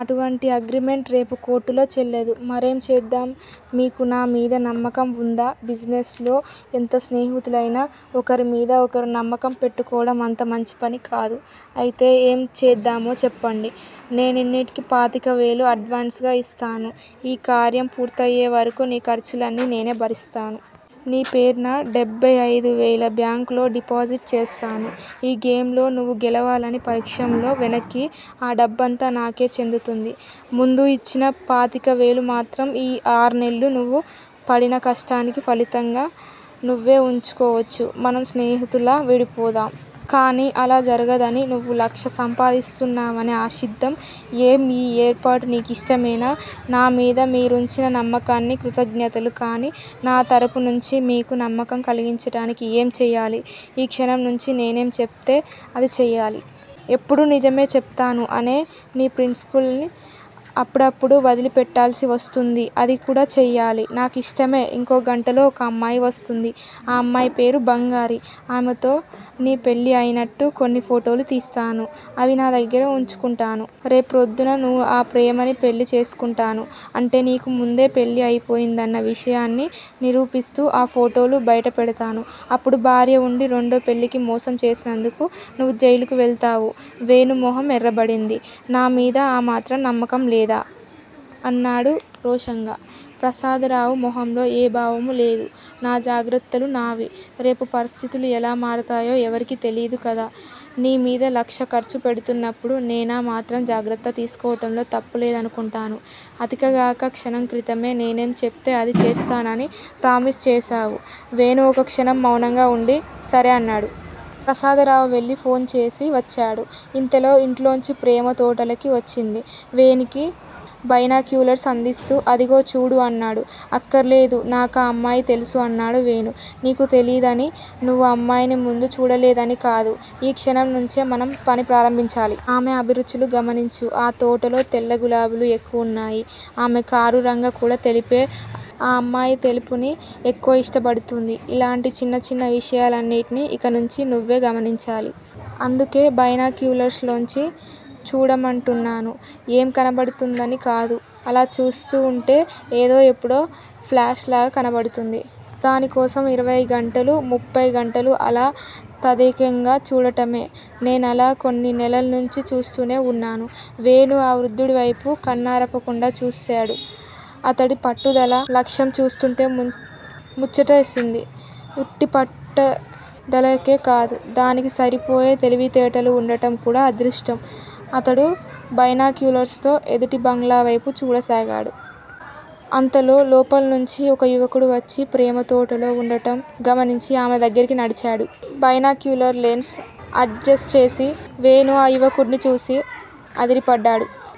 అటువంటి అగ్రిమెంటు రేపు కోర్టులో చెల్లదు. మరేం చేద్దాం? మీకు నా మీద నమ్మకం వుందా? బిజినెస్ లో ఎంత స్నేహితులైనా ఒకరిమీద ఒకరు నమ్మకం పెట్టుకోవడం అంత మంచిపని కాదు. అయితే ఏం చేద్దామో చెప్పండి! నేన్నీకు పాతికవేలు అడ్వాన్సుగా ఇస్తాను. ఈ కార్యం పూర్తయ్యేవరకూ నీ ఖర్చులన్నీ నేనే భరిస్తాను. నీ పేర్న డెబ్భై అయిదువేలు బ్యాంకులో డిపాజిట్ చేస్తాను. ఈ గేమ్ లో నువ్వు గెలవని పరక్షంలో వెనక్కి ఆ డబ్బంతా నాకే చెందుతుంది. ముందు ఇచ్చిన పాతికవేలు మాత్రం ఈ ఆర్నెల్లు నువ్వు పడిన కష్టానికి ఫలంగా నువ్వే వుంచుకోవచ్చు. మనం స్నేహితుల్లా విడిపోతాం. కానీ అలా జరగదనీ, నువ్వు లక్షా సంపాదిస్తునావనే ఆశిద్దాం. ఏం, ఈ ఏర్పాటు నీ కిష్టమేనా? నా మీద మీరుంచిన నమ్మకానికి కృతజ్ఞతలు. కానీ నా తరపు నుంచి మీకు నమ్మకం కలిగించటానికి ఏం చెయ్యాలి? ఈ క్షణం నుంచీ నేనేం చెప్తే అది చెయ్యాలి. ఎప్పుడూ నిజమే చెప్తాను అనే నీ ప్రిన్సిపుల్ ని అప్పుడప్పుడు వదిలిపెట్టాల్సి వస్తుంది అది కూడా చెయ్యాలి. నా కిష్టమే ఇంకో గంటలో ఒకమ్మాయి వస్తుంది. ఆ అమ్మాయి పేరు బంగారి. ఆమెతో నీ పెళ్ళి అయినట్టు కొన్ని ఫోటోలు తీస్తాను. అవి నా దగ్గిర వుంచుకుంటాను. రేప్రొద్దున్న నువ్వు ఆ ప్రేమనే పెళ్ళి చేసుకొంటానూ- అంటే నీకు ముందే పెళ్ళి అయిపోయిందన్న విషయాన్ని నిరూపిస్తూ, ఆ ఫోటోలు బైట పెడ్తాను. అప్పుడు భార్య వుండీ రెండో పెళ్ళికి మోసం చేసినందుకు నువ్వు జైలుకి వెళ్తావు వేణు మొహం ఎర్రబడింది. నా మీద ఆ మాత్రం నమ్మకం లేదా? అన్నాడు రోషంగా. ప్రసాదరావు మొహంలో ఏ భావమూ లేదు. నా జాగ్రత్తలు నావి. రేపు పరిస్థితులు ఎలా మారతాయో ఎవరికీ తెలియదు కదా! నీ మీద లక్ష ఖర్చు పెడుతున్నప్పుడు నేనా మాత్రం జాగ్రత్త తీసుకోవటంలో తప్పులేదనుకొంటాను. అదీగాక క్షణం క్రితమే నేనేం చెప్తే అది చేస్తానని ప్రామిస్ చేశావు వేణు ఒక క్షణం మౌనంగా వుండి, సరే అన్నాడు. ప్రసాదరావు వెళ్ళి ఫోన్ చేసి వచ్చాడు. ఇంతలో ఇంట్లోంచి ప్రేమ తోటలోకి వచ్చింది. వేణికి బైనాక్యులర్స్ అందిస్తూ, అదిగో చూడు అన్నాడు. అక్కరలేదు, నాకా అమ్మాయి తెలుసు అన్నాడు వేణు. నీకు తెలీదనీ, నువ్వా అమ్మాయిని ముందు చూడలేదనీ కాదు. ఈ క్షణంనుంచే మనం పని ప్రారంభించాలి. ఆమె అభిరుచులు గమనించు. ఆ తోటలో తెల్ల గులాబీలు ఎక్కువున్నాయి. ఆమె కారు రంగు కూడా తెలుపే. ఆ అమ్మాయి తెలుపుని ఎక్కువ ఇష్టపడుతుంది. ఇలాంటి చిన్న చిన్న విషయాలన్నిటినీ ఇక నుంచి నువ్వే గమనించాలి. అందుకే బైనాక్యులర్స్ లోంచి చూడమంటున్నాను. ఏం కనబడుతుందని కాదు_ అలా చూస్తూ వుంటే ఏదో ఎప్పుడో ప్లాష్ లాగా కనబడుతుంది. దానికోసం ఇరవై గంటలు_ ముప్పై గంటలు అలా తదేకంగా చూడటమే. నేనలా కొన్ని నెలల్నుంచీ చూస్తూనే వున్నాను. వేణూ ఆ వృద్ధుడివైపు కన్నార్పకుండా చూసేడు. అతడి పట్టుదలా, లక్ష్యం చూస్తూంటే ముచ్చటేసింది. ఉట్టి పట్టుదలేకాదు, దానికి సరిపోయే తెలివితేటలు వుండటం కూడా అదృష్టం. అతడు బైనాక్యులర్స్ తో ఎదుటి బంగ్లావైపు చూడసాగేడు. అంతలో లోపల్నుంచి ఒక యువకుడు వచ్చి ప్రేమ తోటలో వుండటం గమనించి ఆమె దగ్గరికి నడిచాడు. బైనాక్యులర్ లెన్స్ అడ్జెస్టు చేసి వేణు ఆ యువకుడ్ని చూసి అదిరిపడ్డాడు.